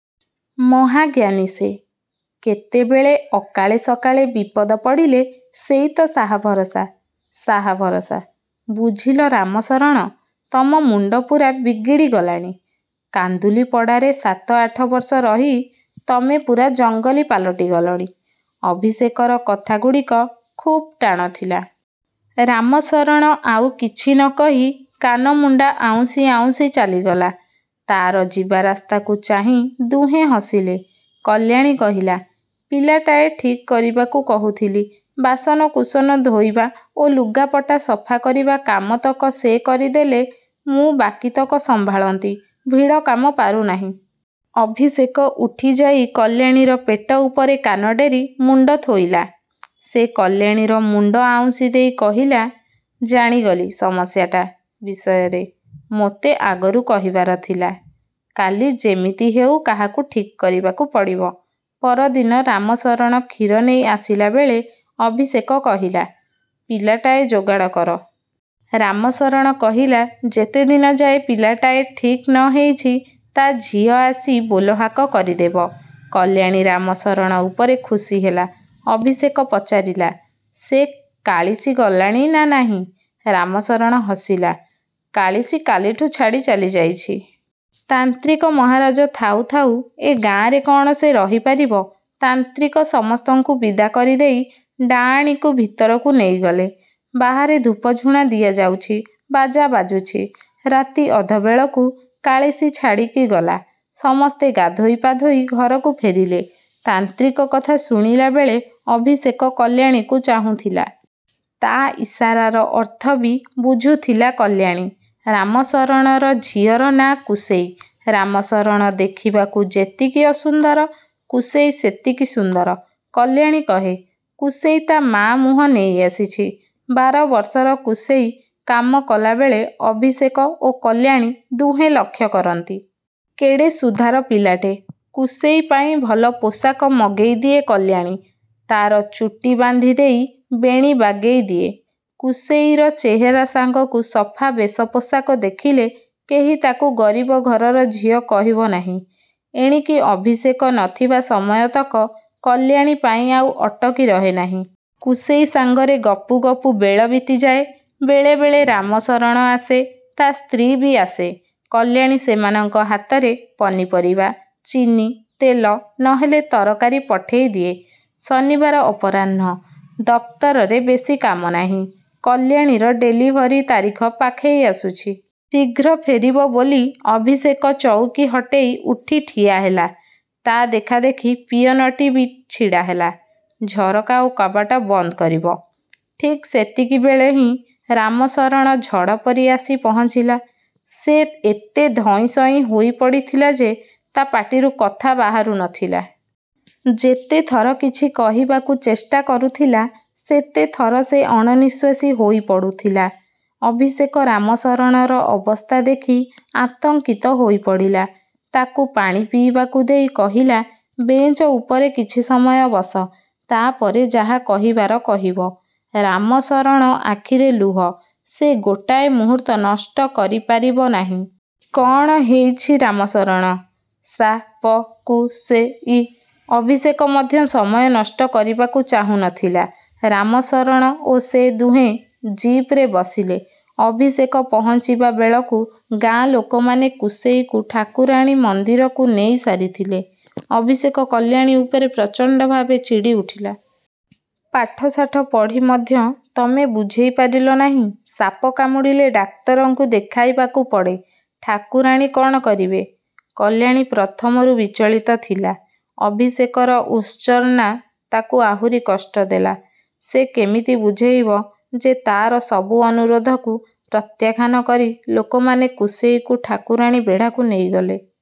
ମହାଜ୍ଞାନୀ ସେ। କେତେବେଳେ ଅକାଳେ ସକାଳେ ବିପଦ ପଡ଼ିଲେ ସେଇ ତ ସାହା ଭରସା। ': ସାହା ଭରସା? ବୁଝିଲ ରାମଶରଣ, ତମ ମୁଣ୍ଡ ପୂରା ବିଗିଡ଼ିଗଲାଣି। କାନ୍ଦୁଲିପଡ଼ାରେ ସାତ ଆଠ ବର୍ଷ ରହି ତମେ ପୂରା ଜଙ୍ଗଲୀ ପାଲଟିଗଲଣି! ଅଭିଷେକର କଥାଗୁଡ଼ିକ ଖୁବ୍ ଟାଣ ଥିଲା। ରାମଶରଣ ଆଉ କିଛି ନ କହି। କାନମୁଣ୍ଡା ଆଉଁଶି ଆଉଁଶି ଚାଲିଗଲା। ତାର ଯିବାରାସ୍ତାକୁ ଚାହିଁ ଦୁହେଁ ହସିଲେ। କଲ୍ୟାଣୀ କହିଲା, "ପିଲାଟାଏ ଠିକ୍ କରିବାକୁ କହୁଥିଲି। ବାସନକୁସନ ଧୋଇବା ଓ ଲୁଗାପଟା ସଫା କରିବା କାମତକ ସେ କରିଦେଲେ ମୁଁ ବାକିତକ ସମ୍ଭାଳନ୍ତି। ଭିଡ଼ କାମ ପାରୁନାହିଁ-। " ଅଭିଷେକ ଉଠିଯାଇ କଲ୍ୟାଣୀର ପେଟ ଉପରେ କାନ ଡେରି ମୁଣ୍ଡ ଥୋଇଲା। ସେ କଲ୍ୟାଣୀର ମୁଣ୍ଡ ଆଉଁଶି ଦେଇ କହିଲା, "ଜାଣିଗଲି, ସମସ୍ୟାଟା ବିଷୟରେ ମୋତେ ଆଗରୁ କହିବାର ଥିଲା। କାଲି ଯେମିତି ହେଉ କାହାକୁ ଠିକ୍ କରିବାକୁ ପଡ଼ିବ। " ପରଦିନ ରାମଶରଣ କ୍ଷୀର ନେଇ ଆସିଲାବେଳେ ଅଭିଷେକ କହିଲା, "ପିଲାଟାଏ ଯୋଗାଡ଼ କର। " ରାମଶରଣ କହିଲା, "ଯେତେଦିନ ଯାଏ ପିଲାଟିଏ ଠିକ୍ ନ ହେଇଛି ତା ଝିଅ ଆସି ବୋଲହାକ କରିଦେବ। " କଲ୍ୟାଣୀ ରାମଶରଣ ଉପରେ ଖୁସି ହେଲା। ଅଭିଷେକ ପଚାରିଲା, "ସେ କାଳିଶୀ ଗଲାଣି ନା ନାହିଁ? " ରାମଶରଣ ହସିଲା। କାଳିଶୀ କାଲିଠୁ ଛାଡ଼ି ଚାଲିଯାଇଛି। ତାନ୍ତ୍ରିକ ମହାରାଜ ଥାଉ ଥାଉ ଏ ଗାଆଁରେ କଣ ସେ ରହି ପାରିବ? ତାନ୍ତ୍ରିକ ସମସ୍ତଙ୍କୁ ବିଦା କରିଦେଇ ଡାଆଣୀକୁ ଭିତରକୁ ନେଇଗଲେ। ବାହାରେ ଧୂପଝୁଣା ଦିଆଯାଉଛି, ବାଜା ବାଜୁଛି। ରାତି ଅଧବେଳକୁ କାଳିଶୀ ଛାଡ଼ିକି ଗଲା। ସମସ୍ତେ ଗାଧୋଇ ପାଧୋଇ ଘରକୁ ଫେରିଲେ। ତାନ୍ତ୍ରିକ କଥା ଶୁଣିଲାବେଳେ ଅଭିଷେକ କଲ୍ୟାଣୀକୁ ଚାହୁଁଥିଲା। ତା ଇସାରାର ଅର୍ଥ ବି ବୁଝୁଥିଲା କଲ୍ୟାଣୀ। ରାମଶରଣର ଝିଅର ନାଆଁ କୁସେଇ। ରାମଶରଣ ଦେଖିବାକୁ ଯେତିକି ଅସୁନ୍ଦର କୁସେଇ ସେତିକି ସୁନ୍ଦର। କଲ୍ୟାଣୀ କହେ, କୁସେଇ ତା ମା ମୁହଁ ନେଇ ଆସିଛି। ବାର ବର୍ଷର କୁସେଇ କାମ କଲାବେଳେ ଅଭିଷେକ ଓ କଲ୍ୟାଣୀ ଦୁହେଁ ଲକ୍ଷ୍ୟ କରନ୍ତି-। କେଡ଼େ ସୁଧାର ପିଲାଟେ! କୁସେଇ ପାଇଁ ଭଲ ପୋଷାକ ମଗେଇ ଦିଏ କଲ୍ୟାଣୀ। ତାର ଚୁଟି ବାନ୍ଧି ଦେଇ ବେଣୀ ବାଗେଇ ଦିଏ। କୁସେଇର ଚେହେରା ସାଙ୍ଗକୁ ସଫା ବେଶପୋଷାକ ଦେଖିଲେ କେହି ତାକୁ ଗରିବ ଘରର ଝିଅ କହିବ ନାହିଁ। ଏଣିକି ଅଭିଷେକ ନ ଥିବା ସମୟତକ କଲ୍ୟାଣୀ ପାଇଁ ଆଉ ଅଟକି ରହେ ନାହିଁ। କୁସେଇ ସାଙ୍ଗରେ ଗପୁ ଗପୁ ବେଳ ବିତିଯାଏ। ବେଳେବେଳେ ରାମଶରଣ ଆସେ, ତା ସ୍ତ୍ରୀ ବି ଆସେ। କଲ୍ୟାଣୀ ସେମାନଙ୍କ ହାତରେ ପନିପରିବା, ଚିନି, ତେଲ ନହେଲେ ତରକାରି ପଠେଇ ଦିଏ। ଶନିବାର ଅପରାହ୍ଣ। ଦପ୍ତରରେ ବେଶୀ କାମ ନାହିଁ। କଲ୍ୟାଣୀର ଡେଲିଭରି ତାରିଖ ପାଖେଇ ଆସୁଛି। ଶୀଘ୍ର ଫେରିବ ବୋଲି ଅଭିଷେକ ଚଉକୀ ହଟେଇ ଉଠି ଠିଆହେଲା। ତା ଦେଖାଦେଖି ପିଅନଟି ବି ଛିଡ଼ାହେଲା, ଝରକା ଓ କବାଟ ବନ୍ଦ କରିବ। ଠିକ୍ ସେତିକିବେଳେ ହିଁ ରାମଶରଣ ଝଡ଼ ପରି ଆସି ପହଞ୍ଚିଲା। ସେ ଏତେ ଧଇଁସଇଁ ହୋଇ ପଡ଼ିଥିଲା ଯେ ତା ପାଟିରୁ କଥା ବାହାରୁ ନଥିଲା। ଯେତେଥର କିଛି କହିବାକୁ ଚେଷ୍ଟା କରୁଥିଲା, ସେତେଥର ସେ ଅଣନିଃଶ୍ୱାସୀ ହୋଇ ପଡ଼ୁଥିଲା। ଅଭିଷେକ ରାମଶରଣର ଅବସ୍ଥା ଦେଖି ଆତଙ୍କିତ ହୋଇପଡ଼ିଲା। ତାକୁ ପାଣି ପିଇବାକୁ ଦେଇ କହିଲା, 'ବେଞ୍ଚ ଉପରେ କିଛି ସମୟ ବସ। ତାପରେ ଯାହା କହିବାର କହିବ। ' ରାମଶରଣ ଆଖିରେ ଲୁହ, ସେ ଗୋଟାଏ ମୁହୂର୍ତ୍ତ ନଷ୍ଟ କରିପାରିବ ନାହିଁ।: କଣ ହେଇଛି ରାମଶରଣ?: ସା-ପ, କୁ-ସେ-ଇ। ଅଭିଷେକ ମଧ୍ୟ ସମୟ ନଷ୍ଟ କରିବାକୁ ଚାହୁଁନଥିଲା। ରାମଶରଣ ଓ ସେ ଦୁହେଁ ଜିପରେ ବସିଲେ। ଅଭିଷେକ ପହଞ୍ଚିବା ବେଳକୁ ଗାଁ ଲୋକମାନେ କୁସେଇକୁ ଠାକୁରାଣୀ ମନ୍ଦିରକୁ ନେଇ ସାରିଥିଲେ। ଅଭିଷେକ କଲ୍ୟାଣୀ ଉପରେ ପ୍ରଚଣ୍ଡ ଭାବେ ଚିଡ଼ି ଉଠିଲା। 'ପାଠଶାଠ ପଢ଼ି ମଧ୍ୟ ତମେ ବୁଝେଇ ପାରିଲ ନାହିଁ, ସାପ କାମୁଡ଼ିଲେ ଡାକ୍ତରଙ୍କୁ ଦେଖାଇବାକୁ ପଡ଼େ। ଠାକୁରାଣୀ କଣ କରିବେ? ' କଲ୍ୟାଣୀ ପ୍ରଥମରୁ ବିଚଳିତ ଥିଲା। ଅଭିଷେକର ଭର୍ତ୍ସନା ତାକୁ ଆହୁରି କଷ୍ଟ ଦେଲା। ସେ କେମିତି ବୁଝେଇବ ଯେ ତା'ର ସବୁ ଅନୁରୋଧକୁ ପ୍ରତ୍ୟାଖ୍ୟାନ କରି ଲୋକମାନେ କୁସେଇକୁ ଠାକୁରାଣୀ ବେଢ଼ାକୁ ନେଇ ଗଲେ।